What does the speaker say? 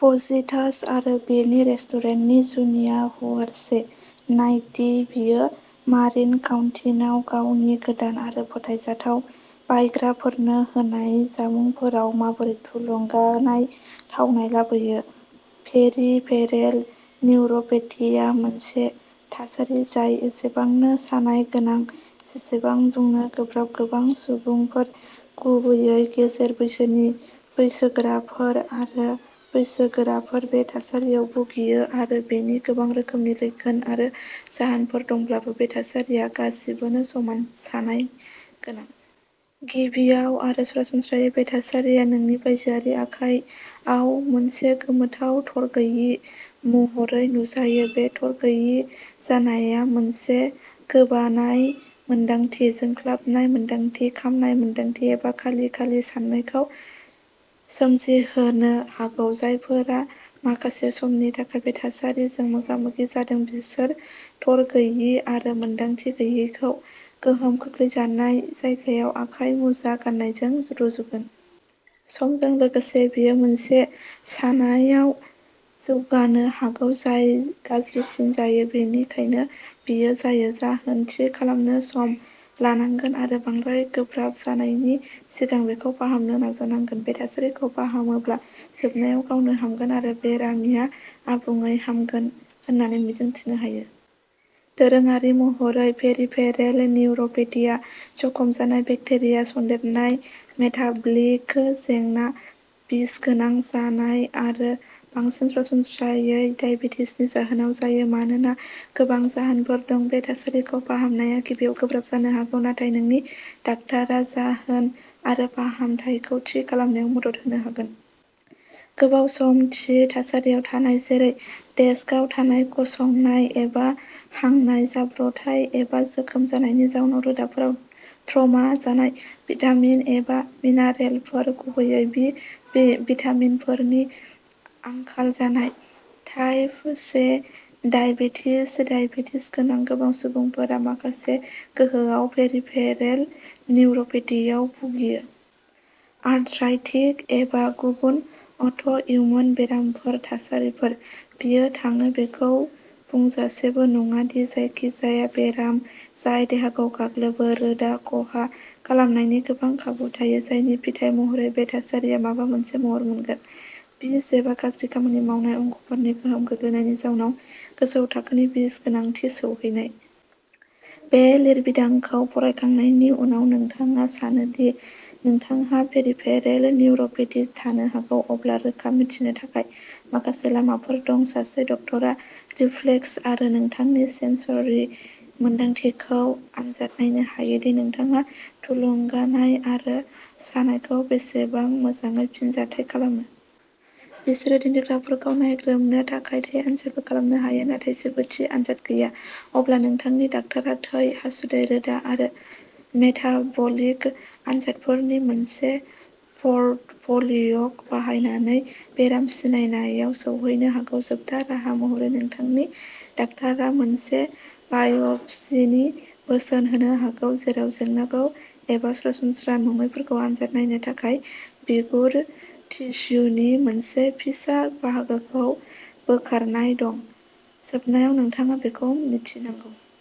Fajitas आरो बिनि रेस्टुरेन्टनि जुनिया, हुआरचे। नायदि बियो मारिन काउन्टिआव गावनि गोदान आरो फोथायजाथाव बायग्राफोरनो होनाय जामुंफोराव माबोरै थुलुंगानाय थावनाय लाबोयो। पेरिफेरेल निउर'पेथिया मोनसे थासारि जाय एसेबांनो सानाय गोनां जेसेबां बुंनो गोब्राब। गोबां सुबुंफोर, गुबैयै गेजेर बैसोनि बैसोगोराफोर आरो बैसोगोराफोर, बे थासारियाव भुगियो आरो बेनि गोबां रोखोमनि लैखोन आरो जाहोनफोर दंब्लाबो, बे थासारिया गासिबोनो समान सानाय गोनां। गिबियाव आरो सरासनस्रायै, बे थासारिया नोंनि बायजोआरि आखाइ आव मोनसे गोमोथाव थरगैयि महरै नुजायो। बे थरगैयि जानाया मोनसे गोबानाय मोनदांथि, जोंख्लाबनाय मोनदांथि, खामनाय मोनदांथि, एबा खालि खालि सानायखौ सोमजिहोनो हागौ। जायफोरा माखासे समनि थाखाय बे थासारिजों मोगा मोगि जादों बिसोर थरगैयि आरो मोनदांथि गैयैखौ गोहोम खोख्लैजानाय जायगायाव आखाइ मुजा गाननायजों रुजुगोन। समजों लोगोसे, बेयो मोनसे सानायआव जौगानो हागौ जाय गाज्रिसिन जायो, बेनिखायनो बेयो जायो। जाहोन थि खालामनो सम लानांगोन आरो बांद्राय गोब्राब जानायनि सिगां बेखौ फाहामनो नाजानांगोन। बे थासारिखौ फाहामोब्ला जोबनायाव गावनो हामगोन आरो बेरामिया आबुङै हामगोन होननानै मिजिंथिनो हायो। दोरोङारि महरै पेरिफेरेल निउर'पेथिआ जखम जानाय, बेक्टेरिया सन्देरनाय, मेटाबलिक जेंना, बिसगोनां जानाय आरो बांसिन सरासनस्रायै दाइबेटिसनि जाहोनाव जायो। मानोना गोबां जाहोनफोर दं, बे थासारिखौ फाहामनाया गिबियाव गोब्राब जानो हागौ, नाथाय नोंनि डाक्टारआ जाहोन आरो फाहामथायखौ थि खालामनायाव मदद होनो हागोन। गोबाव सम थि थासारियाव थानाय, जेरै डेस्कआव थानाय, गसंनाय एबा हांनाय। जाब्रबथाय एबा जोखोम जानायनि जाउनाव रोदाफोराव ट्रमा जानाय। भिटामिन एबा मिनारेलफोर, गुबैयै बि भिटामिनफोरनि आंखाल जानाय। टाइप से दाइबेटिस दाइबेटिस गोनां गोबां सुबुंफोरा माखासे गोहोआव पेरिफेरेल निउर'पेथिआव भुगियो। आर्थ्राइटिक एबा गुबुन अट'इमिउन बेरामफोर थासारिफोर। बेयो थाङो बेखौ बुंजासेबो नङा दि जायखिजाया बेराम जाय देहाखौ गाग्लोबो, रोदा खहा खालामनायनि गोबां खाबु थायो, जायनि फिथाय महरै बे थासारिया माबा मोनसे महर मोनगोन। बिस एबा गाज्रि खामानि मावनाय अंगफोरनि गोहोम गोग्लैनायनि जाउनाव गोजौ थाखोनि बिसगोनांथि सौहैनाय। बे लिरबिदांखौ फरायखांनायनि उनाव नोंथाङा सानो दि नोंथांहा पेरिफेरेल निउर'पेथि थानो हागौ, अब्ला रोखा मिथिनो थाखाय माखासे लामाफोर दं। सासे डाक्टारा रिफ्लेक्स आरो नोंथांनि सेन्सरि मोनदांथिखौ आनजाद नायनो हायो दि नोंथाङा थुलुंगानाय आरो सानायखौ बेसेबां मोजाङै फिनजाथाय खालामो। बिसोरो दिन्थिग्राफोरखौ नायग्रोमनो थाखाय थै आनजादबो खालामनो हायो, नाथाय जेबो थि आनजाद गैया। अब्लाबो, नोंथांनि डाक्टारा थै, हासुदै, रोदा आरो मेटाबलिक आनजादफोरनि मोनसे प'र्टफ'लिय' बाहायनानै बेराम सिनायनायाव सौहैनो हागौ। जोबथा राहा महरै, नोंथांनि डाक्टारा मोनसे बाय'प्सीनि बोसोन होनो हागौ, जेराव जेंनाफोर एबा सरासनस्रा नङैफोरखौ आनजाद नायनो थाखाय बिगुर टिस्युनि मोनसे फिसा बाहागोखौ बोखारनाय दं। जोबनायाव, नोंथाङा बेखौ मिथिनांगौ।